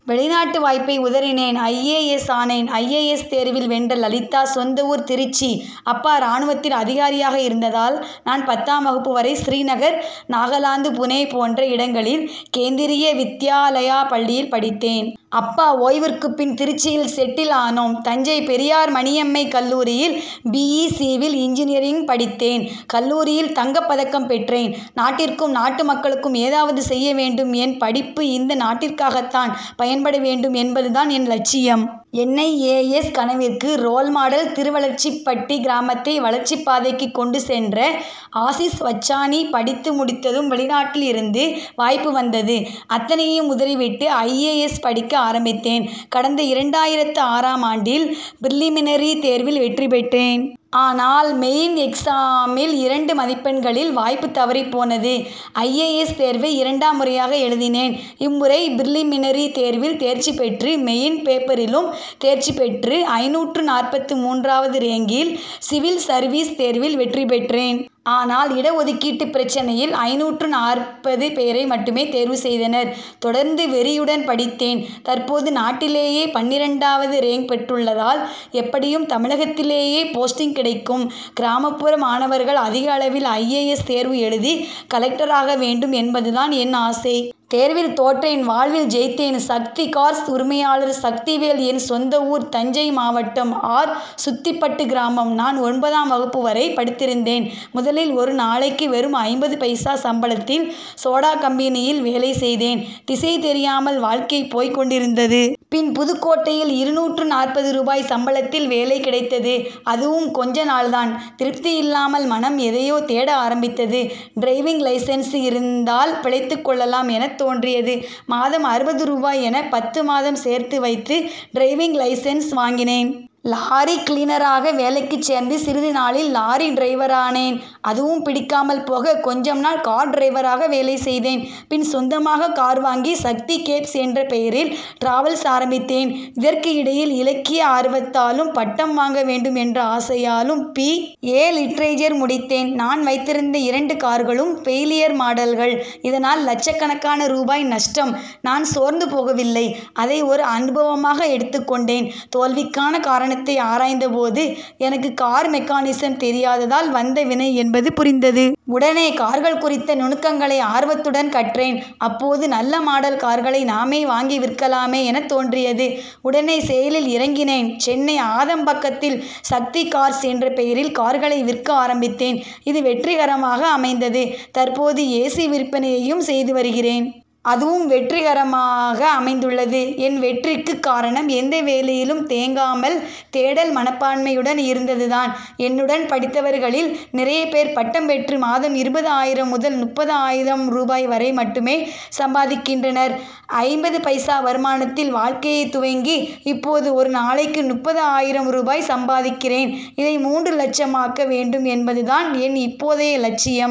வெளிநாட்டு வாய்ப்பை உதறினேன் ஐ. ஏ. எஸ். ஆனேன்! ஐ. ஏ. எஸ். தேர்வில் வென்ற லலிதா சொந்த ஊர் திருச்சி. அப்பா ராணுவத்தில் அதிகாரியாக இருந்ததால் நான் பத்தாம் வகுப்பு வரை ஸ்ரீநகர் நாகலாந்து புனே போன்ற இடங்களில் கேந்திரிய வித்யாலயா பள்ளியில் படித்தேன். அப்பா ஓய்விற்குப் பின் திருச்சியில் செட்டில் ஆனோம். தஞ்சை பெரியார் மணியம்மை கல்லூரியில் பி. இ. சிவில் இன்ஜினியரிங் படித்தேன். கல்லூரியில் தங்கப் பதக்கம் பெற்றேன். நாட்டிற்கும் நாட்டு மக்களுக்கும் ஏதாவது செய்ய வேண்டும். என் படிப்பு இந்த நாட்டிற்காகத்தான் பயன்பட வேண்டும் என்பதுதான் என் லட்சியம். என் ஐ. ஏ. எஸ். கனவிற்கு ரோல் மாடல் திருவளர்ச்சிப்பட்டி கிராமத்தை வளர்ச்சிப் பாதைக்கு கொண்டு சென்ற ஆசிஷ் வச்சானி. படித்து முடித்ததும் வெளிநாட்டில் இருந்து வாய்ப்பு வந்தது. அத்தனையும் உதறிவிட்டு ஐ. ஏ. எஸ். படிக்க ஆரம்பித்தேன். கடந்த இரண்டாயிரத்து ஆறாம் ஆண்டில் பிரிலிமினரி தேர்வில் வெற்றி பெற்றேன். ஆனால் மெயின் எக்சாமில் இரண்டு மதிப்பெண்களில் வாய்ப்பு தவறிப் போனது. ஐ. ஏ. எஸ். தேர்வை இரண்டாம் முறையாக எழுதினேன். இம்முறை பிரிலிமினரி தேர்வில் தேர்ச்சி பெற்று மெயின் பேப்பரிலும் தேர்ச்சி பெற்று ஐந்நூற்று நாற்பத்து மூன்றாவது ரேங்கில் சிவில் சர்வீஸ் தேர்வில் வெற்றி பெற்றேன். ஆனால் இட ஒதுக்கீட்டு பிரச்னையில் ஐந்நூற்று நாற்பது பேரை மட்டுமே தேர்வு செய்தனர். தொடர்ந்து வெறியுடன் படித்தேன். தற்போது நாட்டிலேயே பன்னிரண்டாவது ரேங்க் பெற்றுள்ளதால் எப்படியும் தமிழகத்திலேயே போஸ்டிங் கிடைக்கும். கிராமப்புற மாணவர்கள் அதிக அளவில் ஐ. ஏ. எஸ். தேர்வு எழுதி கலெக்டராக வேண்டும் என்பதுதான் என் ஆசை. தேர்வில் தோற்றேன் வாழ்வில் ஜெயித்தேன்! சக்தி கார்ஸ் உரிமையாளர் சக்திவேல் என் சொந்த ஊர் தஞ்சை மாவட்டம் ஆர். சுத்திப்பட்டு கிராமம். நான் ஒன்பதாம் வகுப்பு வரை படித்திருந்தேன். முதலில் ஒரு நாளைக்கு வெறும் ஐம்பது பைசா சம்பளத்தில் சோடா கம்பெனியில் வேலை செய்தேன். திசை தெரியாமல் வாழ்க்கை போய் கொண்டிருந்தது. பின் புதுக்கோட்டையில் இருநூற்று நாற்பது ரூபாய் சம்பளத்தில் வேலை கிடைத்தது. அதுவும் கொஞ்ச நாள் தான். திருப்தியில்லாமல் மனம் எதையோ தேட ஆரம்பித்தது. டிரைவிங் லைசென்சு இருந்தால் பிழைத்துக் கொள்ளலாம் எனத் தோன்றியது. மாதம் அறுபது ரூபாய் என பத்து மாதம் சேர்த்து வைத்து டிரைவிங் லைசென்ஸ் வாங்கினேன். லாரி கிளீனராக வேலைக்கு சேர்ந்து சிறிது நாளில் லாரி டிரைவரானேன். அதுவும் பிடிக்காமல் போக கொஞ்சம் நாள் கார் டிரைவராக வேலை செய்தேன். பின் சொந்தமா கார் வாங்கி சக்தி கேப்ஸ் என்ற பெயரில் டிராவல்ஸ் ஆரம்பித்தேன். இதற்கு இடையில் இலக்கிய ஆர்வத்தாலும் பட்டம் வாங்க வேண்டும் என்ற ஆசையாலும் பி. ஏ. லிட்ரேச்சர் முடித்தேன். நான் வைத்திருந்த இரண்டு கார்களும் பெயிலியர் மாடல்கள். இதனால் லட்சக்கணக்கான ரூபாய் நஷ்டம். நான் சோர்ந்து போகவில்லை. அதை ஒரு அனுபவமாக எடுத்துக் கொண்டேன். தோல்விக்கான காரணத்தை ஆராய்ந்த போது எனக்கு கார் மெக்கானிசம் தெரியாததால் வந்த வினை என்பது புரிந்தது. உடனே கார்கள் குறித்த நுணுக்கங்களை ஆர்வத்துடன் கற்றேன். அப்போது நல்ல மாடல் கார்களை நாமே வாங்கி விற்கலாமே எனத் தோன்றியது. உடனே செயலில் இறங்கினேன். சென்னை ஆதம்பாக்கத்தில் சக்தி கார்ஸ் என்ற பெயரில் கார்களை விற்க ஆரம்பித்தேன். இது வெற்றிகரமாக அமைந்தது. தற்போது ஏசி விற்பனையையும் செய்து வருகிறேன். அதுவும் வெற்றிகரமாக அமைந்துள்ளது. என் வெற்றிக்கு காரணம் எந்த வேலையிலும் தேங்காமல் தேடல் மனப்பான்மையுடன் இருந்ததுதான். என்னுடன் படித்தவர்களில் நிறைய பேர் பட்டம் பெற்று மாதம் இருபது ஆயிரம் முதல் முப்பது ஆயிரம் ரூபாய் வரை மட்டுமே சம்பாதிக்கின்றனர். ஐம்பது பைசா வருமானத்தில் வாழ்க்கையை துவங்கி இப்போது ஒரு நாளைக்கு முப்பது ஆயிரம் ரூபாய் சம்பாதிக்கிறேன். இதை மூன்று லட்சமாக்க வேண்டும் என்பதுதான் என் இப்போதைய லட்சியம்.